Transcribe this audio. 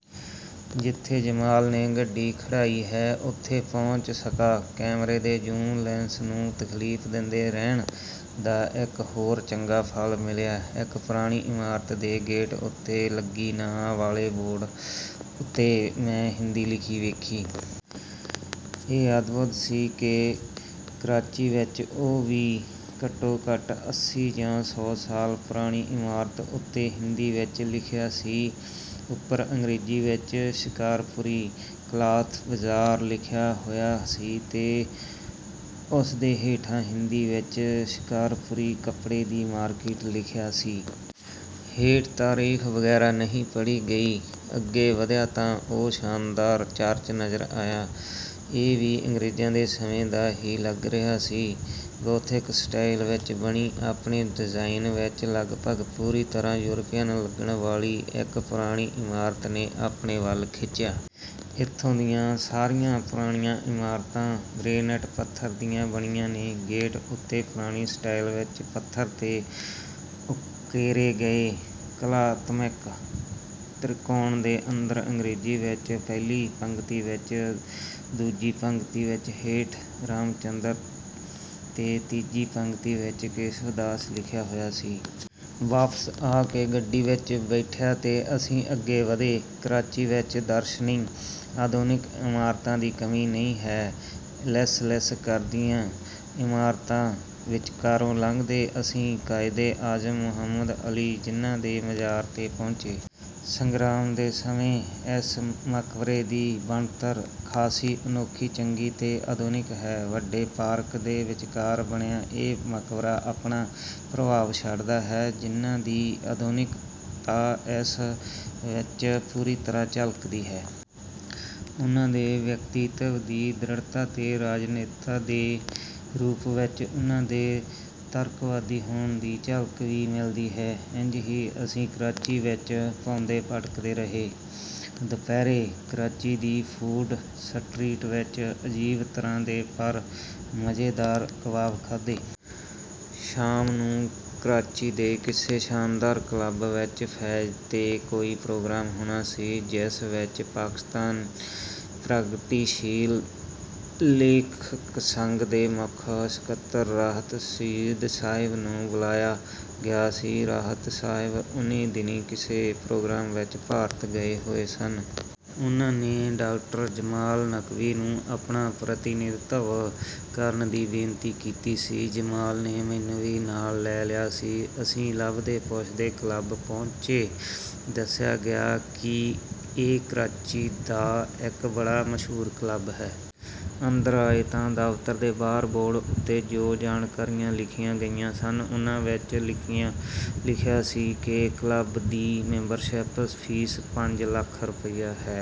ਜਿੱਥੇ ਜਮਾਲ ਨੇ ਗੱਡੀ ਖੜ੍ਹਾਈ ਹੈ, ਉੱਥੇ ਪਹੁੰਚ ਸਕਾਂ। ਕੈਮਰੇ ਦੇ ਜ਼ੂਮ ਲੈਂਸ ਨੂੰ ਤਕਲੀਫ਼ ਦੇਂਦੇ ਰਹਿਣ ਦਾ ਇੱਕ ਹੋਰ ਚੰਗਾ ਫਲ ਮਿਲਿਆ। ਇੱਕ ਪੁਰਾਣੀ ਇਮਾਰਤ ਦੇ ਗੇਟ ਉੱਤੇ ਲੱਗੀ ਨਾਂ ਵਾਲੇ ਬੋਰਡ ਉੱਤੇ ਮੈਂ ਹਿੰਦੀ ਲਿਖੀ ਵੇਖੀ। ਇਹ ਅਦਭੁਤ ਸੀ ਕਿ ਕਰਾਚੀ ਵਿੱਚ, ਉਹ ਵੀ ਘੱਟੋ-ਘੱਟ ਅੱਸੀ ਜਾਂ ਸੌ ਸਾਲ ਪੁਰਾਣੀ ਇਮਾਰਤ ਉੱਤੇ, ਹਿੰਦੀ ਵਿੱਚ ਲਿਖਿਆ ਸੀ। ਉੱਪਰ ਅੰਗਰੇਜ਼ੀ ਵਿੱਚ 'ਸ਼ਿਕਾਰਪੁਰੀ ਕਲਾਥ ਬਾਜ਼ਾਰ' ਲਿਖਿਆ ਹੋਇਆ ਸੀ ਤੇ ਉਸਦੇ ਹੇਠਾਂ ਹਿੰਦੀ ਵਿੱਚ 'ਸ਼ਿਕਾਰਪੁਰੀ ਕੱਪੜੇ ਦੀ ਮਾਰਕੀਟ' ਲਿਖਿਆ ਸੀ। ਹੇਠਾਂ ਤਾਰੀਖ਼ ਵਗ਼ੈਰਾ ਨਹੀਂ ਪੜ੍ਹੀ ਗਈ। ਅੱਗੇ ਵਧਿਆ ਤਾਂ ਉਹ ਸ਼ਾਨਦਾਰ ਚਰਚ ਨਜ਼ਰ ਆਇਆ। ਇਹ ਵੀ ਅੰਗਰੇਜ਼ਾਂ ਦੇ ਸਮੇਂ ਦਾ ਹੀ ਲੱਗ ਰਿਹਾ ਸੀ। ਗੋਥਿਕ ਸਟਾਈਲ ਵਿੱਚ ਬਣੀ, ਆਪਣੇ ਡਿਜ਼ਾਇਨ ਵਿੱਚ ਲਗਭਗ ਪੂਰੀ ਤਰ੍ਹਾਂ ਯੂਰਪੀਅਨ ਲੱਗਣ ਵਾਲੀ ਇੱਕ ਪੁਰਾਣੀ ਇਮਾਰਤ ਨੇ ਆਪਣੇ ਵੱਲ ਖਿੱਚਿਆ। ਇੱਥੋਂ ਦੀਆਂ ਸਾਰੀਆਂ ਪੁਰਾਣੀਆਂ ਇਮਾਰਤਾਂ ਗ੍ਰੇਨਾਈਟ ਪੱਥਰ ਦੀਆਂ ਬਣੀਆਂ ਨੇ। ਗੇਟ ਉੱਤੇ ਪੁਰਾਣੀ ਸਟਾਈਲ ਵਿੱਚ ਪੱਥਰ ਤੇ ਉਕੇਰੇ ਗਏ ਕਲਾਤਮਕ ਤ੍ਰਿਕੋਣ ਦੇ ਅੰਦਰ ਅੰਗਰੇਜ਼ੀ ਵਿੱਚ ਪਹਿਲੀ ਪੰਗਤੀ ਵਿੱਚ…, ਦੂਜੀ ਪੰਗਤੀ ਵਿੱਚ 'ਸੇਠ ਰਾਮਚੰਦ' ਤੇ ਤੀਜੀ ਪੰਗਤੀ ਵਿੱਚ 'ਕੇਸ਼ਵਦਾਸ' ਲਿਖਿਆ ਹੋਇਆ ਸੀ। ਵਾਪਸ ਆ ਕੇ ਗੱਡੀ ਵਿੱਚ ਬੈਠਿਆ ਤੇ ਅਸੀਂ ਅੱਗੇ ਵਧੇ। ਕਰਾਚੀ ਵਿੱਚ ਦਰਸ਼ਨੀ ਆਧੁਨਿਕ ਇਮਾਰਤਾਂ ਦੀ ਕਮੀ ਨਹੀਂ ਹੈ। ਲਿਸ਼ਲਿਸ਼ ਕਰਦੀਆਂ ਇਮਾਰਤਾਂ ਵਿਚਕਾਰੋਂ ਲੰਘਦੇ ਅਸੀਂ ਕਾਇਦੇ-ਆਜ਼ਮ ਮੁਹੰਮਦ ਅਲੀ ਜਿੱਨਾ ਦੇ ਮਜ਼ਾਰ 'ਤੇ ਪਹੁੰਚੇ। ਸੰਗਮਰਮਰ ਦੇ ਬਣੇ ਇਸ ਮਕਬਰੇ ਦੀ ਬਣਤਰ ਖਾਸੀ ਅਨੋਖੀ, ਚੰਗੀ ਤੇ ਆਧੁਨਿਕ ਹੈ। ਵੱਡੇ ਪਾਰਕ ਦੇ ਵਿਚਕਾਰ ਬਣਿਆ ਇਹ ਮਕਬਰਾ ਆਪਣਾ ਪ੍ਰਭਾਵ ਛੱਡਦਾ ਹੈ। ਜਿੱਨਾ ਦੀ 'ਆਧੁਨਿਕਤਾ' ਇਸ ਵਿੱਚ ਪੂਰੀ ਤਰ੍ਹਾਂ ਝਲਕਦੀ ਹੈ। ਉਹਨਾਂ ਦੇ ਵਿਅਕਤੀਤਵ ਦੀ ਦ੍ਰਿੜ੍ਹਤਾ ਤੇ ਰਾਜਨੇਤਾ ਦੇ ਰੂਪ ਵਿੱਚ ਉਹਨਾਂ ਦੇ ਤਰਕਵਾਦੀ ਹੋਣ ਦੀ ਝਲਕ ਵੀ ਮਿਲਦੀ ਹੈ। ਇੰਜ ਹੀ ਅਸੀਂ ਕਰਾਚੀ ਵਿੱਚ ਭੌਂਦੇ-ਭਟਕਦੇ ਰਹੇ। ਦੁਪਹਿਰੇ ਕਰਾਚੀ ਦੀ ਫੂਡ ਸਟਰੀਟ ਵਿੱਚ ਅਜੀਬ ਤਰ੍ਹਾਂ ਦੇ, ਪਰ ਮਜ਼ੇਦਾਰ, ਕਬਾਬ ਖਾਧੇ। ਸ਼ਾਮ ਨੂੰ ਕਰਾਚੀ ਦੇ ਕਿਸੇ ਸ਼ਾਨਦਾਰ ਕਲੱਬ ਵਿੱਚ 'ਫ਼ੈਜ਼' 'ਤੇ ਕੋਈ ਪ੍ਰੋਗਰਾਮ ਹੋਣਾ ਸੀ, ਜਿਸ ਵਿੱਚ ਪਾਕਿਸਤਾਨ ਪ੍ਰਗਤੀਸ਼ੀਲ ਲੇਖਕ ਸੰਘ ਦੇ ਮੁੱਖ ਸਕੱਤਰ ਰਾਹਤ ਸਈਦ ਸਾਹਿਬ ਨੂੰ ਬੁਲਾਇਆ ਗਿਆ ਸੀ। ਰਾਹਤ ਸਾਹਿਬ ਉਹਨੀਂ ਦਿਨੀਂ ਕਿਸੇ ਪ੍ਰੋਗਰਾਮ ਵਿੱਚ ਭਾਰਤ ਗਏ ਹੋਏ ਸਨ। ਉਹਨਾਂ ਨੇ ਡਾ. ਜਮਾਲ ਨਕਵੀ ਨੂੰ ਆਪਣਾ ਪ੍ਰਤੀਨਿਧਤਵ ਕਰਨ ਦੀ ਬੇਨਤੀ ਕੀਤੀ ਸੀ। ਜਮਾਲ ਨੇ ਮੈਨੂੰ ਵੀ ਨਾਲ ਲੈ ਲਿਆ ਸੀ। ਅਸੀਂ ਲੱਭਦੇ-ਪੁੱਛਦੇ ਕਲੱਬ ਪਹੁੰਚੇ। ਦੱਸਿਆ ਗਿਆ ਕਿ ਇਹ ਕਰਾਚੀ ਦਾ ਇੱਕ ਬੜਾ ਮਸ਼ਹੂਰ ਕਲੱਬ ਹੈ। ਅੰਦਰ ਆਏ ਤਾਂ ਦਫ਼ਤਰ ਦੇ ਬਾਹਰ ਬੋਰਡ ਉੱਤੇ ਜੋ ਜਾਣਕਾਰੀਆਂ ਲਿਖੀਆਂ ਗਈਆਂ ਸਨ, ਉਹਨਾਂ ਵਿੱਚ ਲਿਖਿਆ ਸੀ ਕਿ ਕਲੱਬ ਦੀ ਮੈਂਬਰਸ਼ਿੱਪ ਫ਼ੀਸ ਪੰਜ ਲੱਖ ਰੁਪਏ ਹੈ।